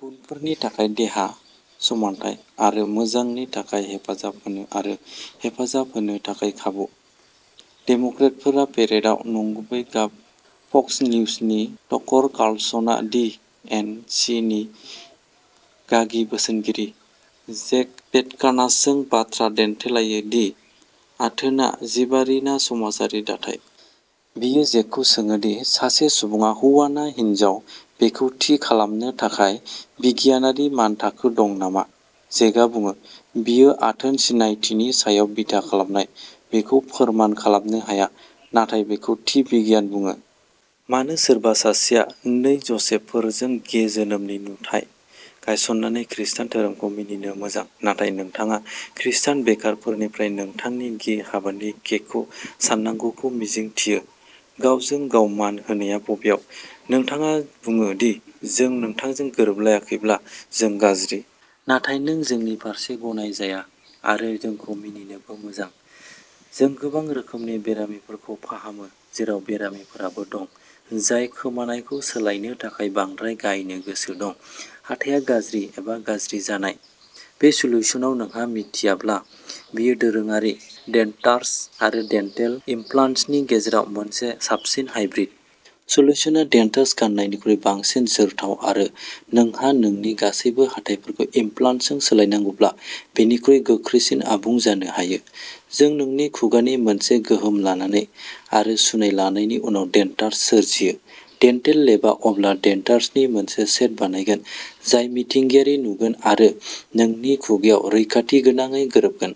गुबुनफोरनि थाखाय देहा, समानथाय आरो मोजांनि थाखाय हेफाजाब होनो आरो हेफाजाब होनो थाखाय खाबु। डेम'क्रेटफोरा पेरेडआव नंगुबै गाब फक्स निउजनि टकर कार्लसनआ दि एन सि नि गागि बोसोनगिरि जेक पेटकानासजों बाथ्रा दान्थेलायो दि आथोनआ जिबारि ना समाजारि दाथाय। बियो जेकखौ सोङो दि सासे सुबुङा हौवा ना हिनजाव बेखौ थि खालामनो थाखाय बिगियानारि मानथाखो दं नामा। जेकआ बुङो, बेयो आथोन सिनायथिनि सायाव बिथा खालामनाय, बेखौ फोरमान खालामनो हाया, नाथाय बेखौ थि बिगियान बुङो। मानो सोरबा सासेया नै ज'सेफफोरजों गे जोनोमनि नुथाय गायस'ननानै खृस्टान धोरोमखौ मिनिनो मोजां, नाथाय नोंथाङा खृस्टान बेकारफोरनिफ्राय नोंथांनि गे हाबानि केकखौ सान्नांगौखौ मिजिंथियो गावजों-गाव मान होनाया बबेयाव? नोंथाङा बुङो दि जों नोंथांजों गोरोबाखैब्ला जों गाज्रि। नाथाय नों जोंनि फारसे गनायजाया, आरो जोंखौ मिनिनोबो मोजां। जों गोबां रोखोमनि बेरामिफोरखौ फाहामो, जेराव बेरामिफोराबो दं जाय खोमानायखौ सोलायनो थाखाय बांद्राय गायनो गोसो दं। हाथाया गाज्रि एबा गाज्रि जानाय। बे सोल्युशनाव नोंहा मिथियाब्ला, बेयो दोरोङारि डेन्टार्स आरो डेन्टेल इमप्लान्ट्सनि गेजेराव मोनसे साबसिन हाइब्रिद। सोल्युशना डेन्टार्स गान्नायनिख्रुइ बांसिन जोरथाव आरो नोंहा नोंनि गासैबो हाथाइफोरखौ इमप्लान्ट्सजों सोलायनांगौब्ला बेनिख्रुइ गोख्रैसिन आबुं जानो हायो। जों नोंनि खुगानि मोनसे गोहोम लानानै आरो सुनाय लानायनि उनाव डेन्टार्स सोरजियो। डेन्टेल लेबआ अब्ला डेन्टार्सनि मोनसे सेट बानायगोन जाय मिथिंगायारि नुगोन आरो नोंनि खुगाआव रैखाथिगोनाङै गोरोबगोन।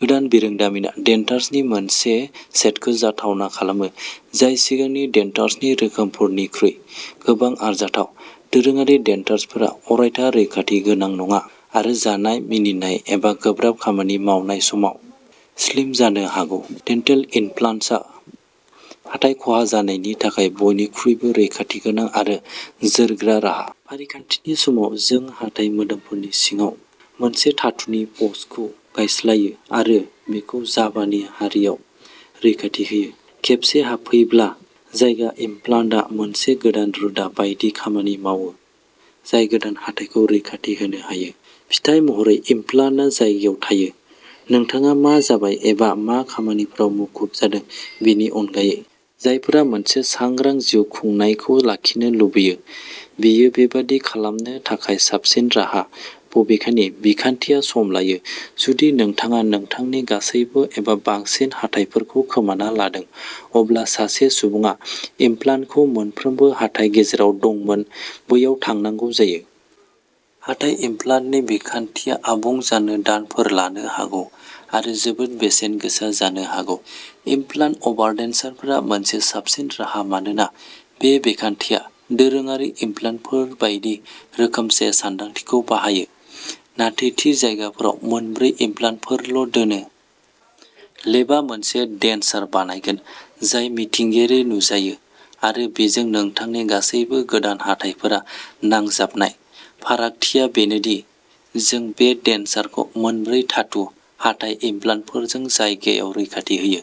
गोदान बिरोंदामिनआ डेन्टार्सनि मोनसे सेटखौ जाथावना खालामो जाय सिगांनि डेन्टार्सनि रोखोमफोरनिख्रुइ गोबां आरजाथाव। दोरोङारि डेन्टार्सफोरा अरायथा रैखाथि गोनां नङा आरो जानाय, मिनिनाय एबा गोब्राब खामानि मावनाय समाव स्लिप जानो हागौ। डेन्टेल इमप्लान्ट्सआ हाथाइ खहा जानायनि थाखाय बयनिख्रुइबो रैखाथिगोनां आरो जोरग्रा राहा। फारिखान्थिनि समाव, जों हाथाइ मोदोमफोरनि सिङाव मोनसे धातुनि पस्टखौ गायस्लायो आरो बेखौ जाबानि हारियाव रैखाथि होयो। खेबसे हाबफैब्ला। जायगा, इमप्लान्टआ मोनसे गोदान रोदा बायदि खामानि मावो जाय गोदान हाथाइखौ रैखाथि होनो हायो। फिथाय महरै, इमप्लान्टआ जायगायाव थायो, नोंथाङा मा जाबाय एबा मा खामानिफोराव मुखुब जादों बेनि अनगायै। जायफोरा मोनसे सांग्रां जिउ खुंनायखौ लाखिनो लुबैयो, बेयो बेबादि खालामनो थाखाय साबसिन राहा। बबेखानि, बिखान्थिया सम लायो। जुदि नोंथाङा नोंथांनि गासैबो एबा बांसिन हाथाइफोरखौ खोमाना लादों, अब्ला सासे सुबुङा इमप्लान्टखौ मोनफ्रोमबो हाथाइ जेराव दंमोन बैयाव थांनांगौ जायो। हाथाइ इमप्लान्टनि बिखान्थिया आबुं जानो दानफोर लानो हागौ आरो जोबोद बेसेन गोसा जानो हागौ। इमप्लान्ट अभारडेन्चारफोरा मोनसे साबसिन राहा मानोना बे बिखान्थिया दोरोङारि इमप्लान्टफोर बायदि रोखोमसे सानदांथिखौ बाहायो, नाथाय थि जायगाफोराव मोनब्रै इमप्लान्टफोरल' दोनो। लेबआ मोनसे डेन्चार बानायगोन जाय मिथिंगायारि नुजायो आरो बेजों नोंथांनि गासैबो गोदान हाथाइफोरा नांजाबनाय। फारागथिया बेनो दि जों बे डेन्चारखौ मोनब्रै धातु, हाथाइ इमप्लान्टफोरजों जायगायाव रैखाथि होयो।